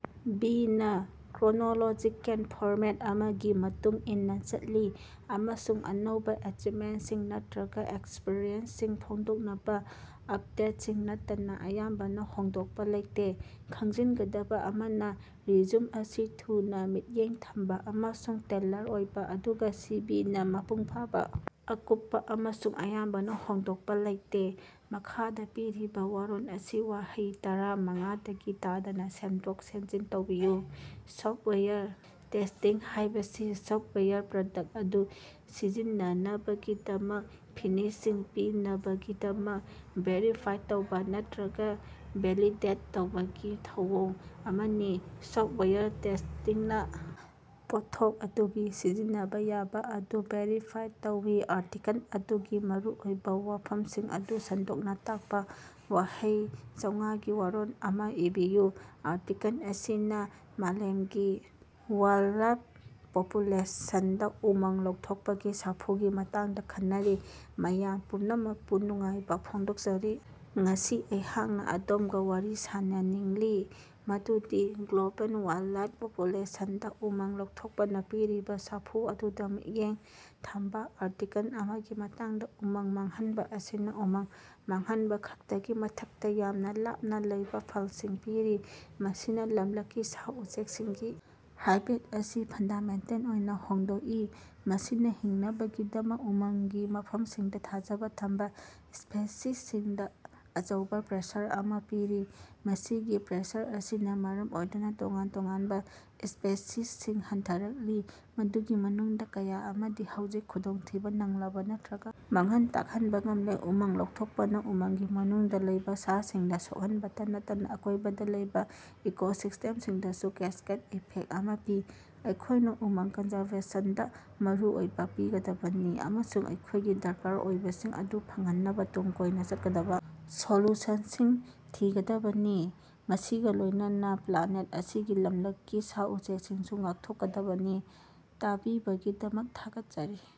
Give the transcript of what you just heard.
ꯚꯤ.ꯅ chronological format ꯑꯃꯒꯤ ꯃꯇꯨꯡ ꯏꯟꯅ ꯆꯠꯂꯤ ꯑꯃꯁꯨꯡ ꯑꯅꯧꯕ ꯑꯦꯆꯤꯕꯃꯦꯟꯠꯁꯤꯡ ꯅꯠꯇꯔꯒ ꯑꯦꯛꯁꯄꯔꯤꯌꯦꯟꯁꯁꯤꯡ ꯐꯣꯡꯗꯣꯛꯅꯕ ꯑꯞꯗꯦꯠꯁꯤꯡ ꯅꯠꯇꯅ ꯑꯌꯥꯝꯕꯅ ꯍꯣꯡꯗꯣꯛꯄ ꯂꯩꯇꯦ꯫ ꯈꯪꯖꯤꯟꯒꯗꯕ ꯑꯃꯅ, ꯔꯤꯖ꯭ꯌꯨꯝ ꯑꯁꯤ ꯊꯨꯅ, ꯃꯤꯠꯌꯦꯡ ꯊꯝꯕ ꯑꯃꯁꯨꯡ ꯇꯦꯜꯂꯔ ꯑꯣꯏꯕ, ꯑꯗꯨꯒ ꯁꯤ. ꯚꯤ. ꯅ ꯃꯄꯨꯡꯐꯥꯕ, ꯑꯀꯨꯞꯄ ꯑꯃꯁꯨꯡ ꯑꯌꯥꯝꯕꯅ ꯍꯣꯡꯗꯣꯛꯄ ꯂꯩꯇꯦ꯫ ꯃꯈꯥꯗꯥ ꯄꯤꯔꯤꯕꯥ ꯋꯥꯔꯣꯜ ꯑꯁꯤ ꯋꯥꯍꯩ ꯇꯔꯥ ꯃꯉꯥꯗꯒꯤ ꯇꯥꯗꯅ ꯁꯦꯝꯗꯣꯛ-ꯁꯦꯃꯖꯤꯟ ꯇꯧꯕꯤꯌꯨ꯫ ꯁꯣꯐꯇꯋꯥꯌꯔ ꯇꯦꯁ꯭ꯇꯤꯡ ꯍꯥꯏꯕꯁꯤ ꯁꯣꯐꯇꯋꯥꯌꯔ ꯄ꯭ꯔꯗꯛ ꯑꯗꯨ ꯁꯤꯖꯤꯟꯅꯅꯕꯒꯤꯗꯃꯛ ꯐꯤꯅꯤꯁꯤꯡ ꯄꯤꯅꯕꯒꯤꯗꯃꯛ ꯚꯦꯔꯤꯐꯥꯏ ꯇꯧꯕꯥ, ꯅꯠꯇꯔꯒꯥ ꯚꯦꯂꯤꯗꯦꯠ ꯇꯧꯕꯒꯤ ꯊꯧꯑꯣꯡ ꯑꯃꯅꯤ꯫ ꯁꯣꯐꯇꯋꯥꯌꯔ ꯇꯦꯁ꯭ꯇꯤꯡꯅ ꯄꯣꯠꯊꯣꯛ ꯑꯗꯨꯒꯤ ꯁꯤꯖꯤꯟꯅꯕ ꯌꯥꯕ ꯑꯗꯨ ꯚꯦꯔꯤꯐꯥꯏ ꯇꯧꯏ꯫ ꯑꯥꯔꯇꯤꯀꯜ ꯑꯗꯨꯒꯤ ꯃꯔꯨꯑꯣꯏꯕꯥ ꯋꯥꯐꯃꯁꯤꯡ ꯑꯗꯨ ꯁꯟꯗꯣꯛꯅ ꯇꯥꯛꯄ ꯋꯥꯍꯩ ꯆꯧꯉꯥꯒꯤ ꯋꯥꯔꯣꯜ ꯑꯃꯥ ꯏꯕꯤꯌꯨ꯫ ꯑꯥꯔꯇꯤꯀꯜ ꯑꯁꯤꯅ ꯃꯥꯂꯦꯝꯒꯤ ꯋꯥꯏꯜꯗꯂꯥꯏꯐ ꯄꯣꯄꯨꯂꯦꯁꯟꯗ ꯎꯃꯪ ꯂꯧꯊꯣꯛꯄꯒꯤ ꯁꯥꯐꯨꯒꯤ ꯃꯇꯥꯡꯗ ꯈꯟꯅꯔꯤ꯫ ꯃꯌꯥꯝ ꯄꯨꯝꯅꯃꯀꯄꯨ ꯅꯨꯡꯉꯥꯏꯕ ꯐꯣꯡꯗꯣꯛꯆꯔꯤ꯫ ꯉꯁꯤ ꯑꯩꯍꯥꯛꯅ ꯑꯗꯣꯝꯒ ꯋꯥꯔꯤ ꯁꯥꯅꯅꯤꯡꯂꯤ ꯃꯗꯨꯗꯤ ꯒ꯭ꯂꯣꯕꯦꯜ ꯋꯥꯏꯜꯗꯂꯥꯏꯐ ꯄꯣꯄꯨꯂꯦꯁꯟꯗ ꯎꯃꯪ ꯂꯧꯊꯣꯛꯄꯅ ꯄꯤꯔꯤꯕ ꯁꯥꯐꯨ ꯑꯗꯨꯗ ꯃꯤꯠꯌꯦꯡ ꯊꯝꯕ ꯑꯥꯔꯇꯤꯀꯜ ꯑꯃꯒꯤ ꯃꯇꯥꯡꯗ꯫ ꯎꯃꯪ ꯃꯥꯡꯍꯟꯕ ꯑꯁꯤꯅ ꯎꯃꯪ ꯃꯥꯡꯍꯟꯕꯈꯛꯇꯒꯤ ꯃꯊꯛꯇ ꯌꯥꯝꯅ ꯂꯥꯞꯅ ꯂꯩꯕꯥ ꯐꯜꯁꯤꯡ ꯄꯤꯔꯤ꯫ ꯃꯁꯤꯅ ꯂꯃꯂꯛꯀꯤ ꯁꯥ-ꯎꯆꯦꯀꯁꯤꯡꯒꯤ ꯍꯥꯏꯕꯦꯠ ꯑꯁꯤ ꯐꯟꯗꯥꯃꯦꯟꯇꯦꯜ ꯑꯣꯏꯅ ꯍꯣꯡꯗꯣꯛꯏ, ꯃꯁꯤꯅ ꯍꯤꯡꯅꯕꯒꯤꯗꯃꯛ ꯎꯃꯪꯒꯤ ꯃꯐꯅꯁꯤꯡꯗ ꯊꯥꯖꯕ ꯊꯝꯕ ꯁ꯭ꯄꯦꯁꯤꯁꯁꯤꯡꯗ ꯑꯆꯧꯕ ꯄ꯭ꯔꯦꯁꯔ ꯑꯃ ꯄꯤꯔꯤ꯫ ꯃꯁꯤꯒꯤ ꯄ꯭ꯔꯦꯁꯔ ꯑꯁꯤꯅ ꯃꯔꯝ ꯑꯣꯏꯗꯨꯅ ꯇꯣꯉꯥꯟ ꯇꯣꯉꯥꯟꯕ ꯁ꯭ꯄꯦꯁꯤꯁꯁꯤꯡ ꯍꯟꯊꯔꯛꯂꯤ, ꯃꯗꯨꯒꯤ ꯃꯅꯨꯡꯗ ꯀꯌꯥ ꯑꯃꯗꯤ ꯍꯧꯖꯤꯛ ꯈꯨꯗꯣꯡꯊꯤꯕ ꯅꯪꯂꯕ ꯅꯠꯇꯔꯒ ꯃꯥꯡꯍꯟ ꯇꯥꯛꯍꯟꯕꯥ ꯉꯝꯂꯦ꯫ ꯎꯃꯪ ꯂꯧꯊꯣꯛꯄꯅ ꯎꯃꯪꯒꯤ ꯃꯅꯨꯡꯗ ꯂꯩꯕ ꯁꯥꯁꯤꯡꯗ ꯁꯣꯛꯍꯟꯕꯇ ꯅꯠꯇꯅ ꯑꯀꯣꯏꯕꯗ ꯂꯩꯕ ꯏꯀꯣꯁꯤꯁ꯭ꯇꯦꯅꯁꯤꯡꯗꯁꯨ ꯀꯦꯁꯀꯦꯗ ꯏꯐꯦꯛ ꯑꯃ ꯄꯤ꯫ ꯑꯩꯈꯣꯏꯅꯥ ꯎꯃꯪ ꯀꯟꯖꯥꯔꯕꯦꯁꯟꯗ ꯃꯔꯨ ꯑꯣꯏꯕ ꯄꯤꯒꯗꯕꯅꯤ ꯑꯃꯁꯨꯡ ꯑꯩꯈꯣꯏꯒꯤ ꯗꯔꯀꯥꯔ ꯑꯣꯏꯕꯁꯤꯡ ꯑꯗꯨ ꯐꯪꯍꯟꯅꯕ ꯇꯨꯡ ꯀꯣꯏꯅ ꯆꯠꯀꯗꯕ ꯁꯣꯂꯨꯁꯟꯁꯤꯡ ꯊꯤꯒꯗꯕꯅꯤ, ꯃꯁꯤꯒ ꯂꯣꯏꯅꯅ ꯄ꯭ꯂꯥꯅꯦꯠ ꯑꯁꯤꯒꯤ ꯂꯝꯂꯛꯀꯤ ꯁꯥ-ꯎꯆꯦꯀꯁꯤꯡꯁꯨ ꯉꯥꯛꯊꯣꯛꯀꯗꯕꯅꯤ꯫ ꯇꯥꯕꯤꯕꯒꯤꯗꯃꯛ ꯊꯥꯒꯠꯆꯔꯤ꯫